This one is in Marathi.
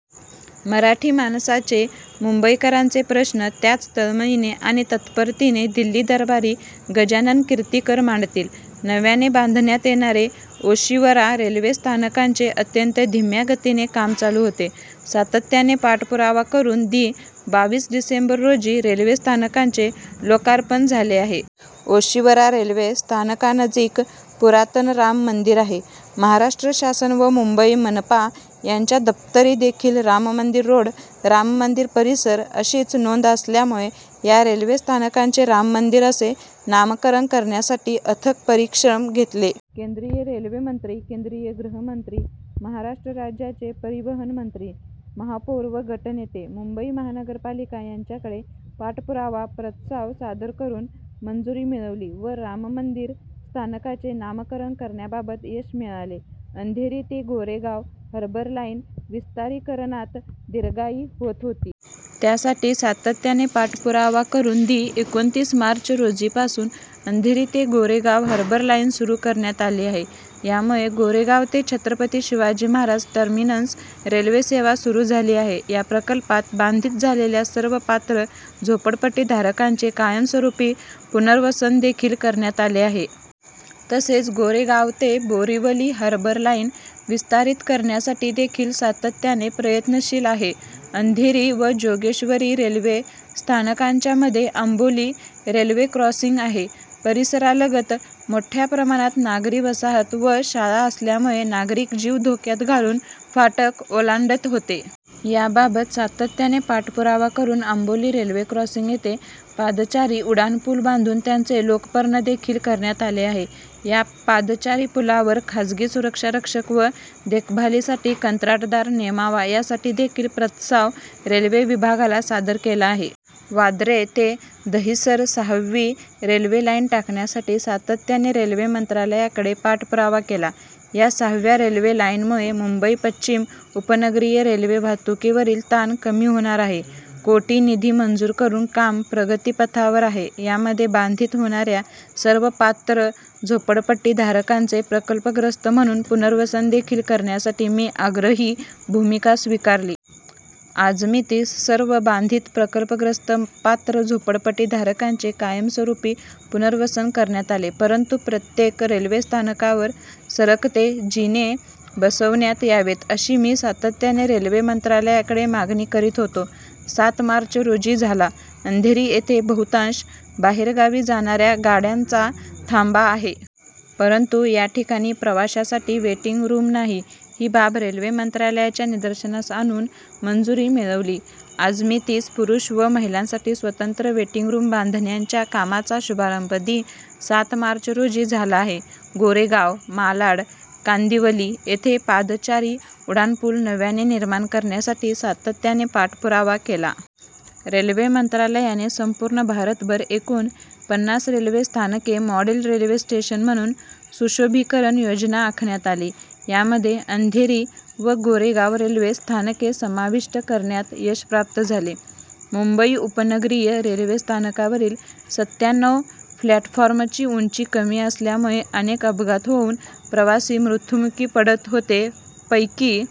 मराठी माणसाचे, मुंबईकरांचे प्रश्न त्याच तळमळीने आणि तत्परतेने दिल्ली दरबारी गजानन कीर्तिकर मांडतील. नव्याने बांधण्यात येणारे ओशिवरा रेल्वे स्थानकाचे अत्यंत धीम्या गतीने काम चालू होते. सातत्याने पाठपुरावा करून दि. बावीस डिसेंबर रोजी रेल्वे स्थानकाचे लोकार्पण झाले आहे. ओशिवरा रेल्वे स्थानकानजिक पुरातन राम मंदिर आहे. महाराष्ट्र शासन व मुंबई मनपा यांच्या दप्तरी देखील राम मंदिर रोड, राम मंदिर परिसर अशीच नोंद असल्यामुळे या रेल्वे स्थानकाचे राम मंदिर असे नामकरण करण्यासाठी अथक परिश्रम घेतले. केंद्रीय रेल्वे मंत्री, केंद्रीय गृहमंत्री, महाराष्ट्र राज्याचे परिवहन मंत्री, महापौर व गटनेते, मुंबई महानगरपालिका यांच्याकडे पाठपुरावा, प्रस्ताव सादर करून मंजुरी मिळवली व राम मंदिर स्थानकाचे नामकरण करण्याबाबत यश मिळाले. अंधेरी ते गोरेगाव हार्बर लाईन विस्तारीकरणात दिरंगाई होत होती. त्यासाठी सातत्याने पाठपुरावा करून दि. एकोणतीस मार्च रोजीपासून अंधेरी ते गोरेगाव हार्बर लाईन सुरू करण्यात आली आहे. यामुळे गोरेगाव ते छत्रपती शिवाजी महाराज टर्मिनस रेल्वे सेवा सुरू झाली आहे. या प्रकल्पात बाधित झालेल्या सर्व पात्र झोपडपट्टी धारकांचे कायमस्वरूपी पुनर्वसन देखील करण्यात आले आहे. तसेच गोरेगाव ते बोरीवली हार्बर लाईन विस्तारित करण्यासाठी देखील सातत्याने प्रयत्नशील आहे. अंधेरी व जोगेश्वरी रेल्वे स्थानकांच्या मध्ये आंबोली रेल्वे क्रॉसिंग आहे. परिसरालगत मोठ्या प्रमाणात नागरी वसाहत व शाळा असल्यामुळे नागरिक जीव धोक्यात घालून फाटक ओलांडत होते. याबाबत सातत्याने पाठपुरावा करून आंबोली रेल्वे क्रॉसिंग येथे पादचारी उड्डाणपूल बांधून त्याचे लोकार्पण देखील करण्यात आले आहे. या पादचारी पुलावर खाजगी सुरक्षा रक्षक व देखभालीसाठी कंत्राटदार नेमावा यासाठी देखील प्रस्ताव रेल्वे विभागाला सादर केला आहे. वांद्रे ते दहिसर सहावी रेल्वे लाईन टाकण्यासाठी सातत्याने रेल्वे मंत्रालयाकडे पाठपुरावा केला. या सहाव्या रेल्वे लाईनमुळे मुंबई पश्चिम उपनगरीय रेल्वे वाहतुकीवरील ताण कमी होणार आहे. कोटी निधी मंजूर करून काम प्रगतीपथावर आहे. यामध्ये बाधित होणाऱ्या सर्व पात्र झोपडपट्टी धारकांचे प्रकल्पग्रस्त म्हणून पुनर्वसन देखील करण्यासाठी मी आग्रही भूमिका स्वीकारली. आजमितीस सर्व बाधित प्रकल्पग्रस्त पात्र झोपडपट्टी धारकांचे कायमस्वरूपी पुनर्वसन करण्यात आले. परंतु प्रत्येक रेल्वे स्थानकावर सरकते जिने बसविण्यात यावेत अशी मी सातत्याने रेल्वे मंत्रालयाकडे मागणी करीत होतो. सात मार्च रोजी झाला. अंधेरी येथे बहुतांश बाहेरगावी जाणाऱ्या गाड्यांचा थांबा आहे. परंतु याठिकाणी प्रवाशांसाठी वेटिंग रूम नाही, ही बाब रेल्वे मंत्रालयाच्या निदर्शनास आणून मंजुरी मिळवली. आजमितीस पुरुष व महिलांसाठी स्वतंत्र वेटिंग रूम बांधण्याच्या कामाचा शुभारंभ दि. सात मार्च रोजी झाला आहे. गोरेगाव, मालाड, कांदिवली येथे पादचारी उड्डाणपूल नव्याने निर्माण करण्यासाठी सातत्याने पाठपुरावा केला. रेल्वे मंत्रालयाने संपूर्ण भारतभर एकूण पन्नास रेल्वे स्थानके मॉडेल रेल्वे स्टेशन म्हणून सुशोभीकरण योजना आखण्यात आली. यामध्ये अंधेरी व गोरेगाव रेल्वे स्थानके समाविष्ट करण्यात यश प्राप्त झाले. मुंबई उपनगरीय रेल्वे स्थानकावरील सत्त्याण्णव प्लॅटफॉर्मची उंची कमी असल्यामुळे अनेक अपघात होऊन प्रवासी मृत्युमुखी पडत होते. पैकी